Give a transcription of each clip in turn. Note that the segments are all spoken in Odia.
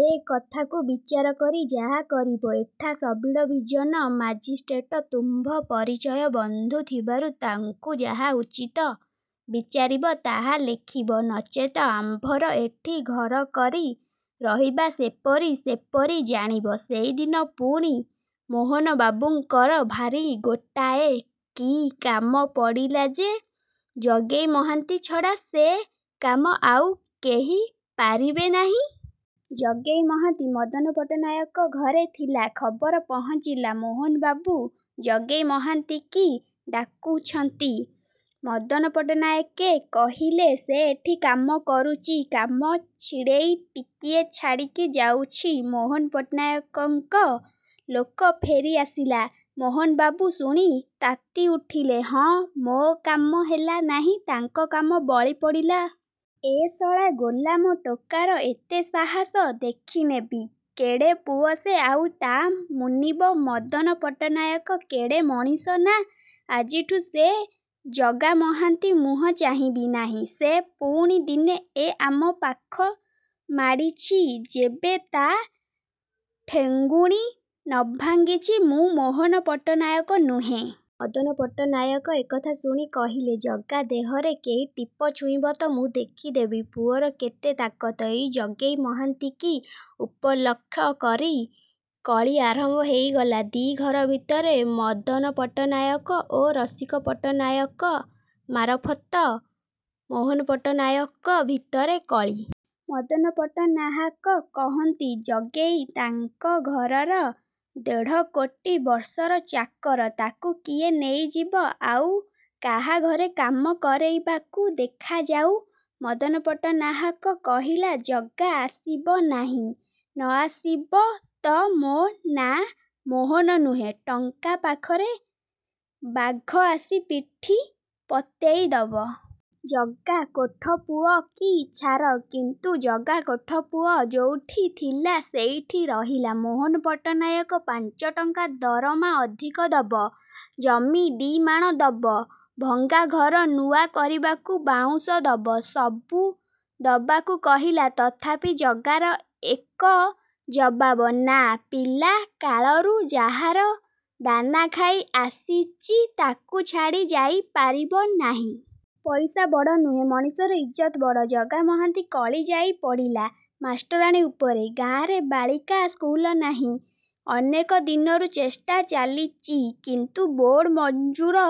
ଏ କଥାକୁ ବିଚାର କରି ଯାହା କରିବ। ଏଠା ସବ୍ଡ଼ିଭିଜନ ମାଜିଷ୍ଟ୍ରେଟ ତୁମ୍ଭ ପରିଚୟ ବନ୍ଧୁ ଥିବାରୁ ତାଙ୍କୁ ଯାହା ଉଚିତ ବିଚାରିବ ତାହା ଲେଖିବ। ନଚେତ ଆମ୍ଭର ଏଠି, ଘର କରି ରହିବା ସେପରି ସେପରି ଜାଣିବ। ସେଇଦିନ ପୁଣି ମୋହନବାବୁଙ୍କର ଭାରି ଗୋଟାଏ କି କାମ ପଡ଼ିଲା ଯେ ଜଗେଇ ମହାନ୍ତି ଛଡ଼ା ସେ କାମ ଆଉ କେହି ପାରିବେ ନାହିଁ। ଜଗେଇ ମହାନ୍ତି ମଦନପଟ୍ଟନାୟକ ଘରେ ଥିଲା, ଖବର ପହଞ୍ଚିଲା। ମୋହନବାବୁ ଜଗେଇ ମହାନ୍ତିକି ଡାକୁଛନ୍ତି। ମଦନ ପଟ୍ଟନାୟକେ କହିଲେ–''ସେ ଏଠି କାମ କରୁଚି–କାମ ଛିଡ଼େଇ ଟିକିଏ ଛାଡ଼ିକି ଯାଉଛି। '' ମୋହନ ପଟ୍ଟନାୟକଙ୍କ ଲୋକ ଫେରି ଆସିଲା। ମୋହନବାବୁ ଶୁଣି ତାତି ଉଠିଲେ–''ହଁ, ମୋ କାମ ହେଲା ନାହିଁ, ତାଙ୍କ କାମ ବଳି ପଡ଼ିଲା। ଏ ଶଳା ଗୋଲାମ ଟୋକାର ଏତେ ସାହସ! ଦେଖି ନେବି କେଡ଼େ ପୁଅ ସେ–ଆଉ ତା' ମୁନିବ ମଦନ ପଟ୍ଟନାୟକ କେଡ଼େ ମଣିଷ। ନା, ଆଜିଠୁ ସେ ଜଗାମହାନ୍ତି ମୁହଁ ଚାହିଁବି ନାହିଁ। ସେ ପୁଣି ଦିନେ ଏ ଆମ ପାଖ ମାଡ଼ିଛି ଯେବେ ତା' ଠେଙ୍ଗୁଣି ନଭାଙ୍ଗିଛି ମୁଁ ମୋହନ ପଟ୍ଟନାୟକ ନୁହେଁ। '' ମଦନ ପଟ୍ଟନାହାକ ଏ କଥା ଶୁଣି କହିଲେ–ଜଗା ଦେହରେ କେହି ଟିପ ଛୁଇଁବ ତ ମୁଁ ଦେଖି ଦେବି ପୁଅର କେତେ ତାକତ। ଏଇ ଜଗେଇ ମହାନ୍ତିକି ଉପଲକ୍ଷ କରି କଳି ଆରମ୍ଭ ହେଇଗଲା ଦି' ଘର ଭିତରେ–ମଦନପଟ୍ଟନାୟକ ଓ ରସିକପଟ୍ଟନାୟକ ମାରଫତ ମୋହନପଟ୍ଟନାୟକ ଭିତରେ କଳି। ମଦନପଟ୍ଟନାହାକ କହନ୍ତି, ଜଗେଇ ତାଙ୍କ ଘରର ଦେଢ଼କୋଡ଼ି ବର୍ଷର ଚାକର, ତାକୁ କିଏ ନେଇଯିବ ଆଉ କାହାଘରେ କାମ କରେଇବାକୁ, ଦେଖାଯାଉ। ମଦନପଟ୍ଟନାହାକ କହିଲା, ଜଗା ଆସିବ ନାହିଁ। ନଆସିବ ତ ମୋ ନାଆଁ ମୋହନ ନୁହେଁ। ଟଙ୍କା ପାଖରେ ବାଘ ଆସି ପିଠି ପତେଇ ଦବ। ଜଗା କୋଠପୁଅ କି ଛାର। କିନ୍ତୁ ଜଗା କୋଠପୁଅ ଯୋଉଠିଁ ଥିଲା ସେଇଠି ରହିଲା। ମୋହନ ପଟ୍ଟନାୟକ ପାଞ୍ଚଟଙ୍କା ଦରମା ଅଧିକ ଦବ, ଜମି ଦି'ମାଣ ଦବ, ଭଙ୍ଗାଘର ନୂଆ କରିବାକୁ ବାଉଁଶ ଦବ–ସବୁ ଦବାକୁ କହିଲା, ତଥାପି ଜଗାର ଏକ ଜବାବ–ନା। ପିଲାକାଳରୁ ଯାହାର ଦାନାଖାଇ ଆସିଚି–ତାକୁ ଛାଡ଼ି ଯାଇ ପାରିବ ନାହିଁ। ପଇସା ବଡ଼ ନୁହେଁ, ମଣିଷର ଇଜ୍ଜତ ବଡ଼। ଜଗାମହାନ୍ତି କଳି ଯାଇ ପଡ଼ିଲା ମାଷ୍ଟରାଣୀ ଉପରେ। ଗାଁରେ ବାଳିକା ସ୍କୁଲ ନାହିଁ। ଅନେକ ଦିନରୁ ଚେଷ୍ଟା ଚାଲିଚି କିନ୍ତୁ। ବୋର୍ଡ଼ ମଞ୍ଜୁର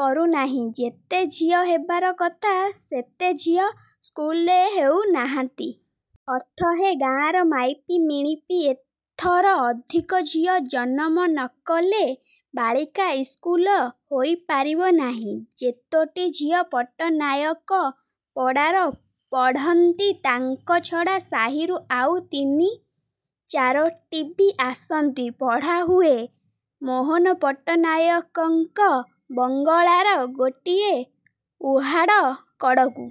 କରୁ ନାହିଁ। ଯେତେ ଝିଅ ହେବାର କଥା ସେତେ ଝିଅ ସ୍କୁଲରେ ହେଉ ନାହାନ୍ତି। ଅର୍ଥ, ହେ ଗାଁଆର ମାଇପି ମିଣିପେ, ଏଥର ଅଧିକ ଝିଅ ଜନମ ନକଲେ ବାଳିକା ଇସ୍କୁଲ ହୋଇ ପାରିବ ନାହିଁ। ଯେତୋଟି ଝିଅ ପଟ୍ଟନାୟକ ପଡ଼ାର ପଢ଼ନ୍ତି, ତାଙ୍କ ଛଡ଼ା ସାହିରୁ ଆଉ ତିନି ଚାରୋଟିବି ଆସନ୍ତି। ପଢ଼ାହୁଏ ମୋହନପଟ୍ଟନାୟକଙ୍କ ବଙ୍ଗଳାର ଗୋଟିଏ ଉହାଡ଼ କଡ଼କୁ।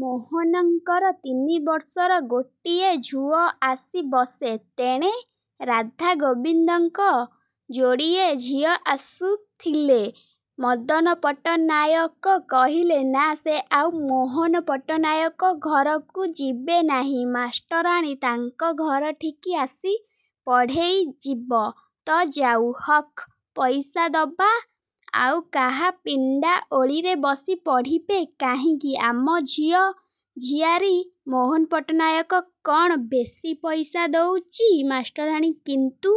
ମୋହନଙ୍କର ତିନିବର୍ଷର ଗୋଟିଏ ଝୁଅ ଆସି ବସେ। ତେଣେ ରାଧା ଗୋବିନ୍ଦଙ୍କ ଯୋଡ଼ିଏ ଝିଅ ଆସୁଥିଲେ। ମଦନପଟ୍ଟନାୟକ କହିଲେ, ନା ସେ ଆଉ ମୋହନ ପଟ୍ଟନାୟକ ଘରକୁ ଯିବେ ନାହିଁ। ମାଷ୍ଟରାଣୀ ତାଙ୍କ ଘରଠିକି ଆସି ପଢ଼େଇ ଯିବ ତ ଯାଉ। ହକ୍ ପଇସା ଦବା, ଆଉ କାହା ପିଣ୍ଡା ଓଳିରେ ବସି ପଢ଼ିବେ କାହିଁକି ଆମ ଝିଅ ଝିଆରୀ? ମୋହନ ପଟ୍ଟନାୟକ କ'ଣ ବେଶି ପଇସା ଦଉଚି। ମାଷ୍ଟରାଣୀ କିନ୍ତୁ